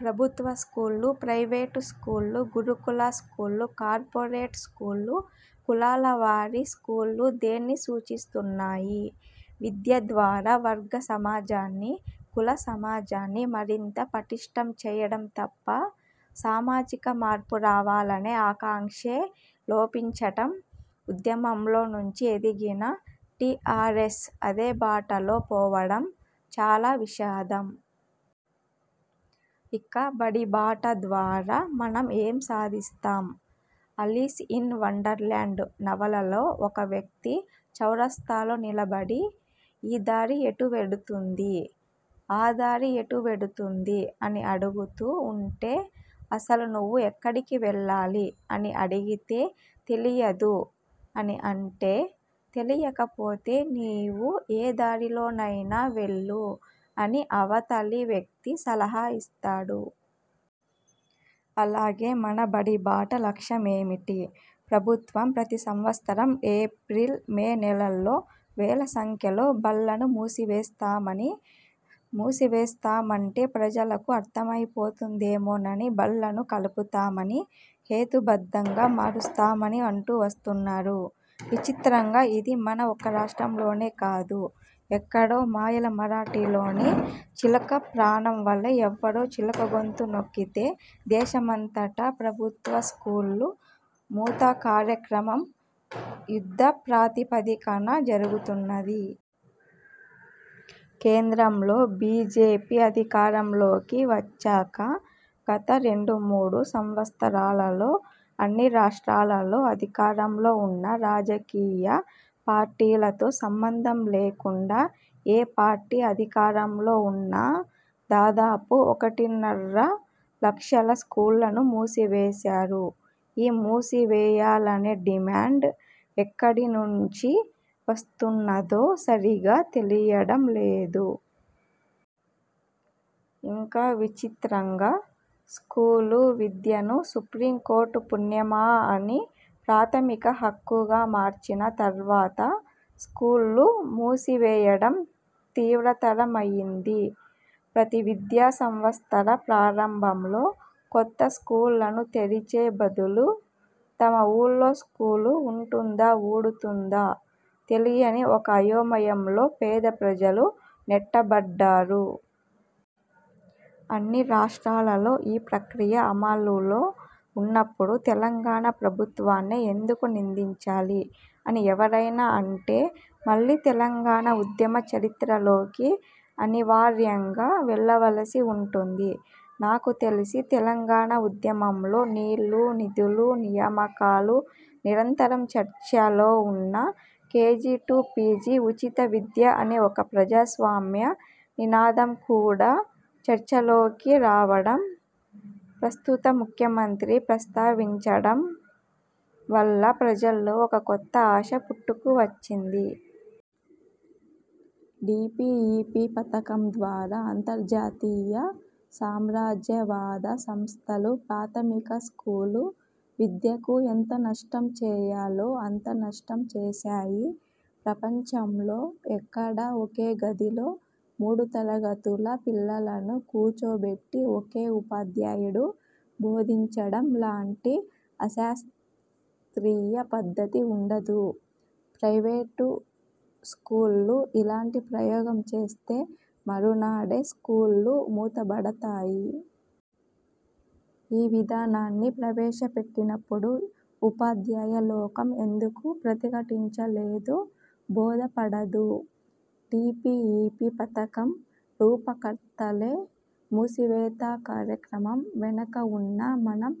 ప్రభుత్వ స్కూళ్ళు, ప్రైవేటు స్కూళ్ళు, గురుకుల స్కూళ్ళు, కార్పొరేట్ స్కూళ్ళు, కులాల వారీ స్కూళ్ళు దేన్ని సూచిస్తున్నాయి? విద్య ద్వారా వర్గ సమాజాన్ని, కుల సమాజాన్ని మరింత పటిష్ఠం చేయడం తప్ప సామాజిక మార్పు రావాలనే ఆకాంక్షే లోపించటం, ఉద్యమంలో నుంచి ఎదిగిన టీఆర్ఎస్ అదే బాటలో పోవడం చాలా విషాదం. ఇక బడి బాట ద్వారా మనం ఏం సాధిస్తాం? అలీస్ ఇన్ వండర్ ల్యాండ్ నవలలో ఒక వ్యక్తి చౌరస్తాలో నిలబడి ఈ దారి ఎటు వెడుతుంది, ఆ దారి ఎటు వెడుతుంది అని అడుగుతూ ఉంటే, అసలు నువ్వు ఎక్కడికి వెళ్ళాలి అని అడిగితే 'తెలియదు' అని అంటే, తెలియకపోతే నీవు ఏ దారిలోనైనా వెళ్ళు అని అవతలి వ్యక్తి సలహా ఇస్తాడు. అలాగే మన 'బడి బాట' లక్ష్యమేమిటి? ప్రభుత్వం ప్రతి సంవత్సరం ఏప్రిల్, మే నెలల్లో వేల సంఖ్యలో బళ్ళను మూసివేస్తామని, మూసివేస్తామంటే ప్రజలకు అర్థమైపోతుందేమోనని బళ్ళను కలుపుతామని, హేతుబద్ధంగా మారుస్తామని అంటూ వస్తున్నారు. విచిత్రంగా ఇది మన ఒక్క రాష్ట్రంలోనే కాదు. ఎక్కడో మాయల మరాఠీలోని చిలుక ప్రాణం వలె, ఎవ్వరో చిలుక గొంతు నొక్కితే దేశమంతటా ప్రభుత్వ స్కూళ్ళ మూత కార్యక్రమం యుద్ధప్రాతిపదికన జరుగుతున్నది. కేంద్రంలో బీజేపీ అధికారంలోకి వచ్చాక గత రెండు మూడు సంవత్సరాలలో అన్ని రాష్ర్టాలలో అధికారంలో ఉన్న రాజకీయ పార్టీలతో సంబంధం లేకుండా, ఏ పార్టీ అధికారంలో ఉన్నా దాదాపు ఒకటిన్నర లక్షల స్కూళ్ళను మూసివేసారు. ఈ మూసివేయాలనే డిమాండ్ ఎక్కడి నుంచి వస్తున్నదో సరిగా తెలియడం లేదు. ఇంకా విచిత్రంగా స్కూలు విద్యను సుప్రీంకోర్టు పుణ్యమా అని ప్రాథమిక హక్కుగా మార్చిన తర్వాత స్కూళ్ళు మూసివేయడం తీవ్రతరమయ్యింది. ప్రతి విద్యా సంవత్సర ప్రారంభంలో కొత్త స్కూళ్ళను తెరిచే బదులు, తమ ఊళ్ళో స్కూలు ఉంటుందా ఊడుతుందా తెలియని ఒక అయోమయంలో పేద ప్రజలు నెట్టబడ్డారు. అన్ని రాష్ర్టాలలో ఈ ప్రక్రియ అమలులో ఉన్నప్పుడు తెలంగాణ ప్రభు త్వాన్నే ఎందుకు నిందించాలి అని ఎవరైనా అంటే, మళ్ళీ తెలంగాణ ఉద్యమ చరిత్రలోకి అనివార్యంగా వెళ్ళవలసి ఉంటుంది. నాకు తెలిసి తెలంగాణ ఉద్యమంలో నీళ్ళు, నిధులు, నియామకాలు నిరంతరం చర్చలో ఉన్నా కేజీ టు పీజీ ఉచిత విద్య అనే ఒక ప్రజాస్వామ్య నినాదం కూడా చర్చలోకి రావడం, ప్రస్తుత ముఖ్యమంత్రి ప్రస్తావించడం వల్ల ప్రజల్లో ఒక కొత్త ఆశ పుట్టుకు వచ్చింది. డీపీఈపీ పథకం ద్వారా అంతర్జాతీయ సామ్రాజ్యవాద సంస్థలు ప్రాథమిక స్కూలు విద్యకు ఎంత నష్టం చేయాలో అంత నష్టం చేసాయి. ప్రపంచంలో ఎక్కడా ఒకే గదిలో మూడు తరగతుల పిల్లలను కూచోబెట్టి ఒకే ఉపాధ్యాయుడు బోధించడం లాంటి అశాస్ర్తీయ పద్ధతి ఉండదు. ప్రైవేటు స్కూళ్ళు ఇలాంటి ప్రయోగం చేస్తే మరునాడే స్కూళ్ళు మూతబడతాయి. ఈ విధానాన్ని ప్రవేశపెట్టినప్పుడు ఉపాధ్యాయలోకం ఎందుకు ప్రతిఘటించలేదో బోధపడదు. డీపీఈపీ పథకం రూపకర్తలే మూసివేత కార్యక్రమం వెనక ఉన్నా మనం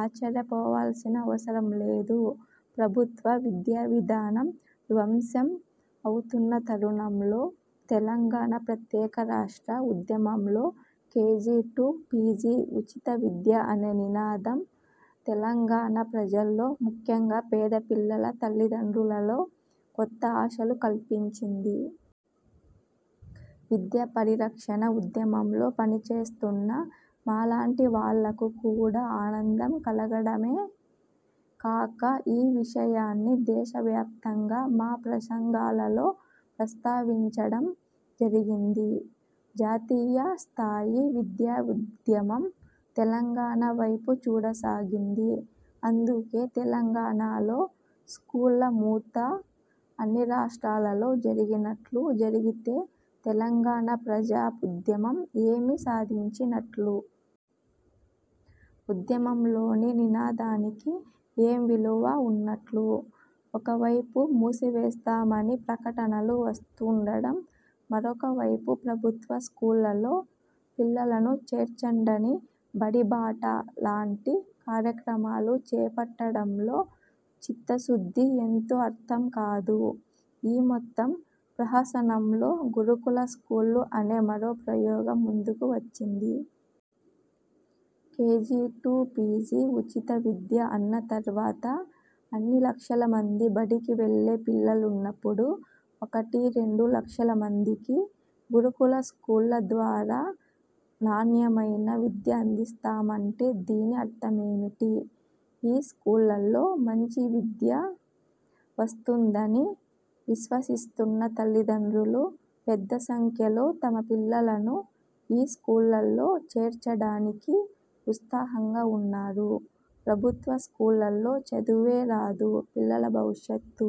ఆశ్చర్యపోవలసిన అవసరం లేదు. ప్రభుత్వ విద్యావిధానం ధ్వంసం అవుతున్న తరుణంలో తెలంగాణ ప్రత్యేక రాష్ట్ర ఉద్యమంలో కేజీ టు పీజీ ఉచిత విద్య అనే నినాదం తెలంగాణ ప్రజల్లో, ముఖ్యంగా పేదపిల్లల తల్లిదండ్రులలో, కొత్త ఆశలు కల్పించింది. విద్యాపరిరక్షణ ఉద్యమంలో పనిచేస్తున్న మాలాంటి వాళ్ళకు కూడా ఆనందం కలగడమే కాక ఈ విషయాన్ని దేశవ్యాప్తంగా మా ప్రసంగాలలో ప్రస్తావించడం జరిగింది. జాతీయస్థాయి విద్యా ఉద్యమం తెలంగాణ వైపు చూడసాగింది. అందుకే తెలంగాణలో స్కూళ్ళ మూత అన్ని రాష్ర్టాలలో జరిగినట్లు జరిగితే తెలంగాణ ప్రజా ఉద్యమం ఏమి సాధించినట్లు? ఉద్యమంలోని నినాదానికి, ఏం విలువ ఉన్నట్లు? ఒకవైపు మూసివేస్తామని ప్రకటనలు వస్తూండడం మరొకవైపు ప్రభుత్వ స్కూళ్ళల్లో పిల్లలను చేర్చండని 'బడి బాట' లాంటి కార్యక్రమాలు చేపట్టడంలో చిత్తశుద్ధి ఎంతో అర్థం కాదు. ఈ మొత్తం ప్రహసనంలో గురుకుల స్కూళ్ళు అనే మరో ప్రయోగం ముందుకు వచ్చింది. కేజీ టు పీజీ ఉచిత విద్య అన్న తర్వాత అన్ని లక్షల మంది బడికి వెళ్ళే పిల్లలున్నప్పుడు ఒకటి, రెండు లక్షల మందికి గురుకుల స్కూళ్ళ ద్వారా నాణ్యమైన విద్య అందిస్తామంటే దీని అర్థమేమిటి? ఈ స్కూళ్ళల్లో మంచి విద్య వస్తుందని విశ్వసిస్తున్న తల్లిదండ్రులు పెద్ద సంఖ్యలో తమ పిల్లలను ఈ స్కూళ్ళల్లో చేర్చడానికి ఉత్సాహంగా ఉన్నారు. ప్రభుత్వ స్కూళ్ళల్లో చదువే రాదు, పిల్లల భవిష్యత్తు